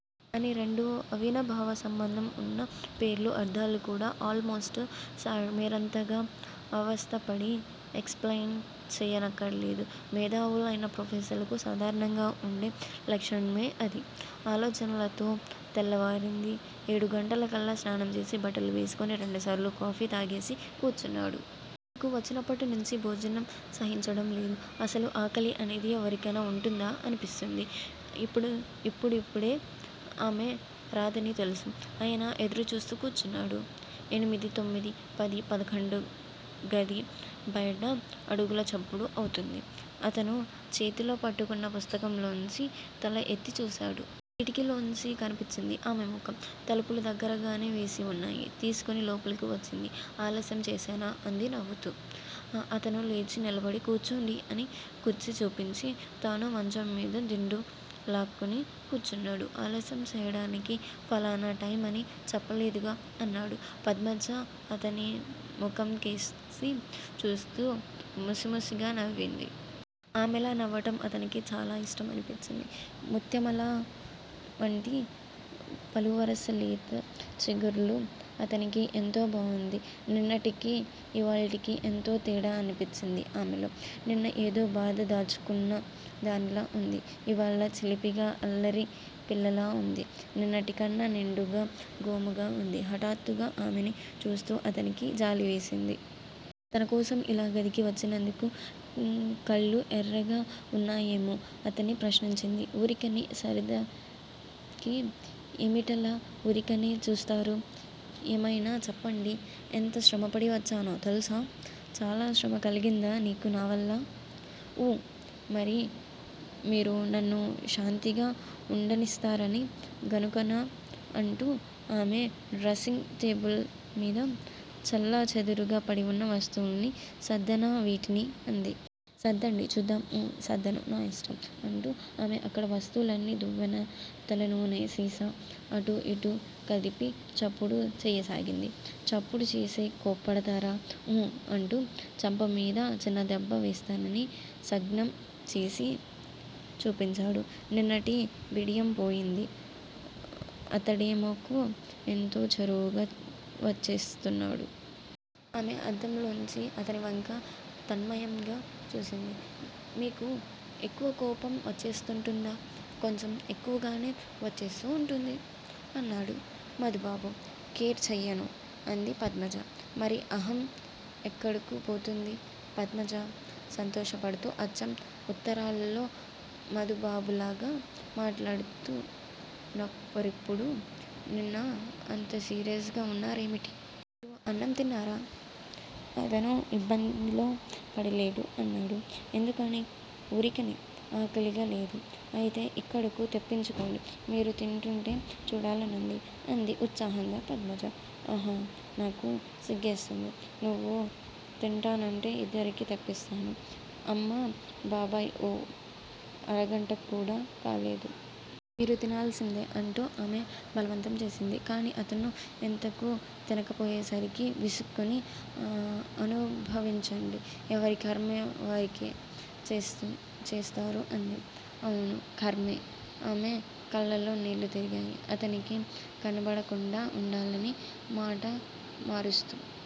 అని రెండూ అవినాభావ సంబంధం ఉన్న పేర్లు అర్థాలు కూడా ఆల్ మోస్టు సార్ మీరంతగా అవస్థ పడి ఎక్స్‌ప్లెయిన్ చెయ్యనక్కరలేదు. మేధావులైన ప్రొఫెసర్లకు సాధారణంగా ఉండే లక్షణమే అది. ఆలోచనలతో తెల్లవారింది. ఏడుగంటలకల్లా స్నానం చేసి బట్టలు వేసుకొని రెండుసార్లు కాఫీ తాగేసి కూర్చున్నాడు. ఇక్కు వచ్చినప్పటినుంచీ భోజనం సహించటం లేదు. అసలు ఆకలి అనేది ఎవరికైనా ఉంటుందా అనిపిస్తోంది. ఇప్పుడు ఇప్పుడప్పుడే ఆమె రాదని తెలుసు. అయినా ఎదురుచూస్తూ కూర్చున్నాడు. ఎనిమిది తొమ్మిది పది పదకొండు గది బయట అడుగుల చప్పుడు అవుతోంది. అతను చేతిలో పట్టుకొన్న పుస్తకంలోంచి తల ఎత్తి చూశాడు. కిటికీలోంచి కనిపించింది ఆమె ముఖం. తలుపులు దగ్గరగానే వేసివున్నాయి. తీసుకుని లోపలకు వచ్చింది. ఆలస్యం చేశానా అంది నవ్వుతూ. అతను లేచి నిలబడి కూర్చోండి అని కుర్చీ చూపించి తాను మంచంమీద దిండు లాక్కుని కూర్చున్నాడు. ఆలస్యం చేయటానికి ఫలానా టైమని చెప్పలేదుగా అన్నాడు. పద్మజ అతని ముఖంకేసి చూస్తూ ముసిముసిగా నవ్వింది. ఆమె లా నవ్వటం అతనికి చాలా ఇష్టమనిపించింది. ముత్యమలవంటి పలువరసా లేత చిగుళ్ళూ అతనికి ఎంతో బావుంది. నిన్నటికీ ఇవాల్టికీ ఎంతో తేడా అనిపించింది ఆమెలో. నిన్న ఏదో బాధ దాచుకున్నదానిలా ఉంది. ఇవాళ చిలిపిగా అల్లరిపిల్లలా ఉంది. నిన్నటికన్నా నిండుగా గోముగా ఉంది. హఠాత్తుగా ఆమెని చూస్తూ అతనికి జాలివేసింది. తనకోసం ఇలా గదికి వచ్చినందుకు. కళ్ళు ఎర్రగా ఉన్నాయమో? అని ప్రశ్నించింది. ఊరికినే సరదా కి. ఏమిటలా ఊరికినే చూస్తారు? ఏమైనా చెప్పండి. ఎంత శ్రమపడి వచ్చానో తెలుసా? చాలా శ్రమ కలిగిందా నీకు నావల్ల? ఊ. మరి మీరు నన్ను శాంతిగా ఉండనిస్తారని గనుకనా అంటూ ఆమె డ్రెస్సింగ్ టేబిల్ మీద చెల్లాచెదురుగా పడివున్న వస్తువుల్ని సర్దనా వీటిని అంది. సర్దండి చూద్దాం. ఊఁ సర్దను. నా ఇష్టం! అంటూ ఆమె అక్కడ వస్తువులన్నీ దువ్వెన తలనూనె సీసా అటూ ఇటూ కదిపి చప్పుడు చెయ్యసాగింది. చప్పుడు చేస్తే కోప్పడతారా? ఉహుఁ అంటూ చెంపమీద చిన్నదెబ్బ వేస్తానని సంజ్ఞం చేసి చూపించాడు. నిన్నటి బిడియం పోయింది. అతడిమెకు ఎంతో చేరువగా వచ్చేస్తున్నాడు. ఆమె అద్దంలోంచి అతనివంక తన్మయంగా చూసింది. మీకు ఎక్కువ కోపం వచ్చేస్తూంటుందా? కొంచెం ఎక్కువగానే వచ్చేస్తూ వుంటుంది. అన్నాడు మధుబాబు. కేర్ చెయ్యను అంది పద్మజ. మరి అహం ఎక్కడకు పోతుంది? పద్మజ సంతోషపడుతూ అచ్చం ఉత్తరాల్లో మధుబాబులాగా మాట్లాడుతు నప్పరిప్పుడు. నిన్న అంత సీరియస్‌గా వున్నారేమిటి? మీరు అన్నం తిన్నారా? అతను ఇబ్బందిలో పడి లేడు అన్నాడు. ఎందుకనీ? ఊరికినే ఆకలిగా లేదు. అయితే ఇక్కడకు తెప్పించుకోండి. మీరు తింటూంటే చూడాలనివుంది. అంది ఉత్సాహంగా పద్మజ. అహఁ నాకు సిగ్గేస్తుంది. నువ్వు తింటానంటే ఇద్దరికీ తెప్పిస్తాను. అమ్మ బాబాయ్! ఓ అరగంటకూడా కాలేదు. మీరు తినాల్సిందే అంటూ ఆమె బలవంతంచేసింది. కాని అతను ఎంతకూ తినకపోయేసరికి విసుక్కుని ఆ అనుభవించండి. ఎవరి ఖర్మకెవరేం చేస్తారు అంది. అవును ఖర్మే. ఆమె కళ్ళలో నీళ్ళు తిరిగాయి. అతనికి కనబడకుండా ఉండాలని మాట మారుస్తూ